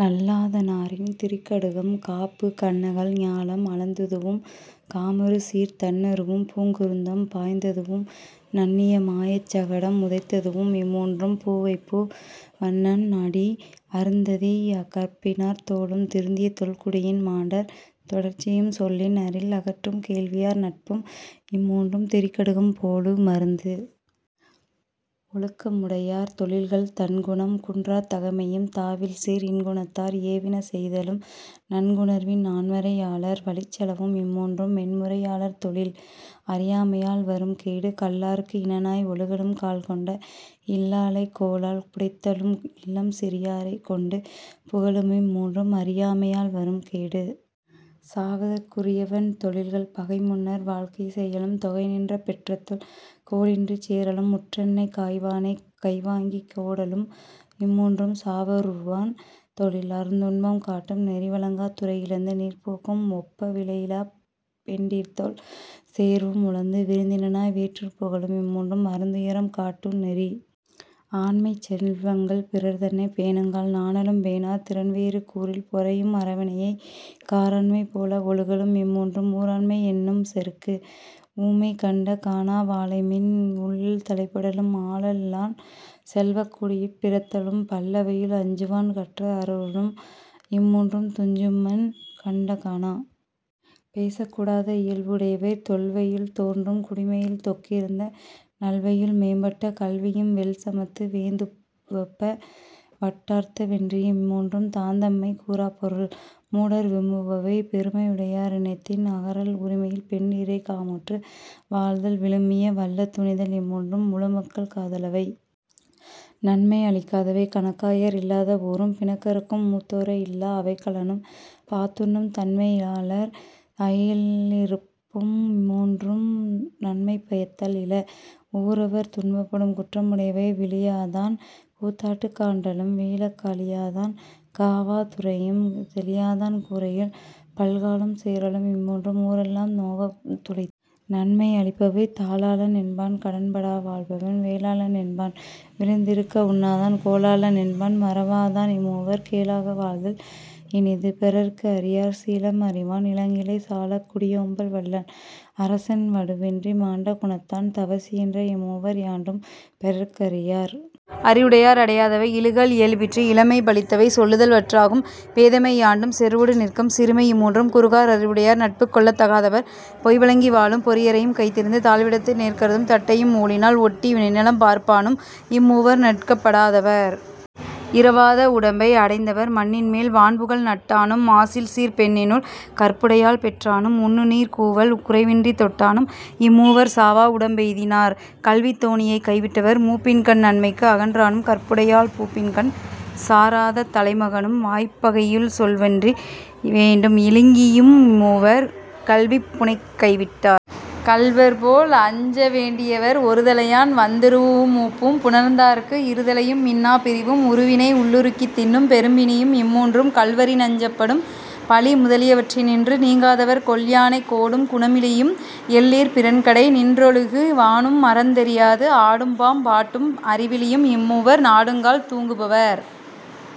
நல்லாதனாரின் திரிகடுகம் காப்பு கண்ணகல் ஞாலம் அளந்துதூஉம் காமருசீர்த் தண்ணறும் பூங்குருந்தம் பாய்த்ததூஉம் நண்ணிய மாயச் சகடம் உதைத்தூஉம் இம்மூன்றும் பூவைப்பூ வண்ணன் அடி. அருந்ததிக் கற்பினார் தோளும் திருந்திய தொல்குடியின் மாண்டார் தெடார்ச்சியும் சொல்லின் அரில்அகற்றும் கேள்வியார் நட்பும் இம்மூன்றும் திரிகடுகம் போலு மருந்து.. ஒழுக்கமுடையார் தொழில்கள் தன்குணம் குன்றாத் தகைமையும் தாவில்சீர் இன்குணத்தார் ஏவினசெய்தலும் நன்குணர்வின் நான்மறை யாளர் வழிச்செலவும் இம்மூன்றும் மென்முறை யாளர் தொழில்.. அறியாமையால் வரும் கேடு கல்லார்க்கு இனனாய் ஒழுகலும் காழ்கொண்ட இல்லாளைக் கோலால் புடைத்தலும் இல்லம் சிறியாரைக் கொண்டு புகலுமிம் மூன்றும் அறியாமை யால்வரும் கேடு.. சாவதற்குரியவன் தொழில்கள் பகைமுன்னர் வாழ்க்கை செயலும் தொகைநின்ற பெற்றத்துள் கோலின்றிச் சேறலும் முற்றன்னைக் காய்வானைக் கைவாங்கிக் கோடலும் இம்மூன்றும் சாவ வுறுவான் தொழில்.. அருந்துன்பம் காட்டும் நெறி வழங்காத் துறையிழிந்து நீர்ப்போக்கும் ஒப்ப விழைவிலாப் பெண்டீர்த்தோள் சேர்வும் உழந்து விருந்தினனாய் வேற்றூர் புகலும் இம்மூன்றும் அருந்துயரம் காட்டு நெறி.. ஆண்மைச் செல்வங்கள் பிறர்தன்னைப் பேணுங்கால் நாணலும் பேணார் திறன்வேறு கூறில் பொறையும் அறவினையைக் காராண்மை போல ஒழுகலும் இம்மூன்றும் ஊராண்மை யென்னும் செருக்கு.. ஊமை கண்ட கனா வாளைமீன் உள்ளல் தலைப்படலும் ஆளல்லான் செல்வக் குடியுட் பிறத்தலும் பல்அவையுள் அஞ்சுவான் கற்ற அருநூலும் இம்மூன்றும் துஞ்சூமன் கண்ட கனா.. பேசக்கூடாத இயல்பு உடையவை தொல்லவையுள் தோன்றும் குடிமையும் தொக்கிருந்த நல்லவையுள் மேம்பட்ட கல்வியும் வெல்சமத்து வேந்துவப்ப வட்டார்த்த வென்றியும் இம்மூன்றும் தாந்தம்மைக் கூறாப் பொருள்.. மூடர் விரும்புபவை பெருமை யுடையா ரினத்தின் அகறல் உரிமையில் பெண்டிரைக் காமுற்று வாழ்தல் விழுமிய வல்ல துணிதல் இம்மூன்றும் முழுமக்கள் காத லவை.. நன்மை அளிக்காதவை கணக்காயர் இல்லாத ஊரும் பிணக்கறுக்கும் மூத்தோரை இல்லா அவைக்களனும் பாத்துண்ணும் தன்மையி லாளர் அயலிருப்பும் இம்முன்றும் நன்மை பயத்தல் இல.. ஊரவர் துன்பப்படும் குற்றம் உடையவை விளியாதான் கூத்தாட்டுக் காண்டலும் வீழக் களியாதான் காவா துரையும் தெளியாதான் கூரையுள் பல்காலும் சேறலும் இம்மூன்றும் ஊரெல்லாம் நோவ துடைத்து.. நன்மை அளிப்பவை தாளாளன் என்பான் கடன்படா வாழ்பவன் வேளாளன் என்பான் விருந்திருக்க உண்ணாதான் கோளாளன் என்பான் மறவாதான் இம்மூவர் கேளாக வாழ்தல் இனிது.. பெறற்கு அரியார் சீலம் அறிவான் இளங்கிளை சாலக் குடியோம்பல் வல்லான் அரசன் வடுவின்றி மாண்ட குணத்தான் தவசியென்ற இம்மூவர் யாண்டும் பெறற்கரி யார்.. அறிவுடையார் அடையாதவை இழுக்கல் இயல்பிற்று இளமை பழித்தவை சொல்லுதல் வற்றாகும் பேதைமை யாண்டும் செறுவொடு நிற்கும் சிறுமைஇம் மூன்றும் குறுகார் அறிவுடை யார்.. நட்புக் கொள்ளத் தகாதவர். பொய்வழங்கி வாழும் பொறியறையும் கைதிரிந்து தாழ்விடத்து நேர்கருதும் தட்டையும் ஊழினால் ஒட்டி வினைநலம் பார்ப்பானும் இம்மூவர் நட்கப் படாஅ தவர்.. இறவாத உடம்பை அடைந்தவர் மண்ணின்மேல் வான்புகழ் நட்டானும் மாசில்சீர்ப் பெண்ணினுள் கற்புடையாள் பெற்றானும் உண்ணுநீர் கூவல் குறைவின்றித் தொட்டானும் இம்மூவர் சாவா உடம்பெய்தி னார்.. கல்வித் தோணியைக் கைவிட்டவர் மூப்பின்கண் நன்மைக்கு அகன்றானும் கற்புடையாள் பூப்பின்கண் சாராத தலைமகனும் வாய்ப்பகையுள் சொல்வென்றி வேண்டும் இலிங்கியும் இம்மூவர் கல்விப் புணைகைவிட் டார்.. கள்வர் போல் அஞ்ச வேண்டியவர் ஒருதலையான் வந்துறூஉ மூப்பும் புணர்ந்தார்க்கு இருதலையு மின்னாப் பிரிவும் உருவினை உள்ளுருக்கித் தின்னும் பெரும்பிணியும் இம்மூன்றும் கள்வரி னஞ்சப் படும்.. பழி முதலியவற்றினின்று நீங்காதவர் கொல்யானைக் கோடும் குணமிலியும் எல்லிற் பிறன்கடை நின்றொழுகு வானும் மறந்தெரியாது ஆடும்பாம் பாட்டும் அறிவிலியும் இம்மூவர் நாடுங்கால் தூங்கு பவர்..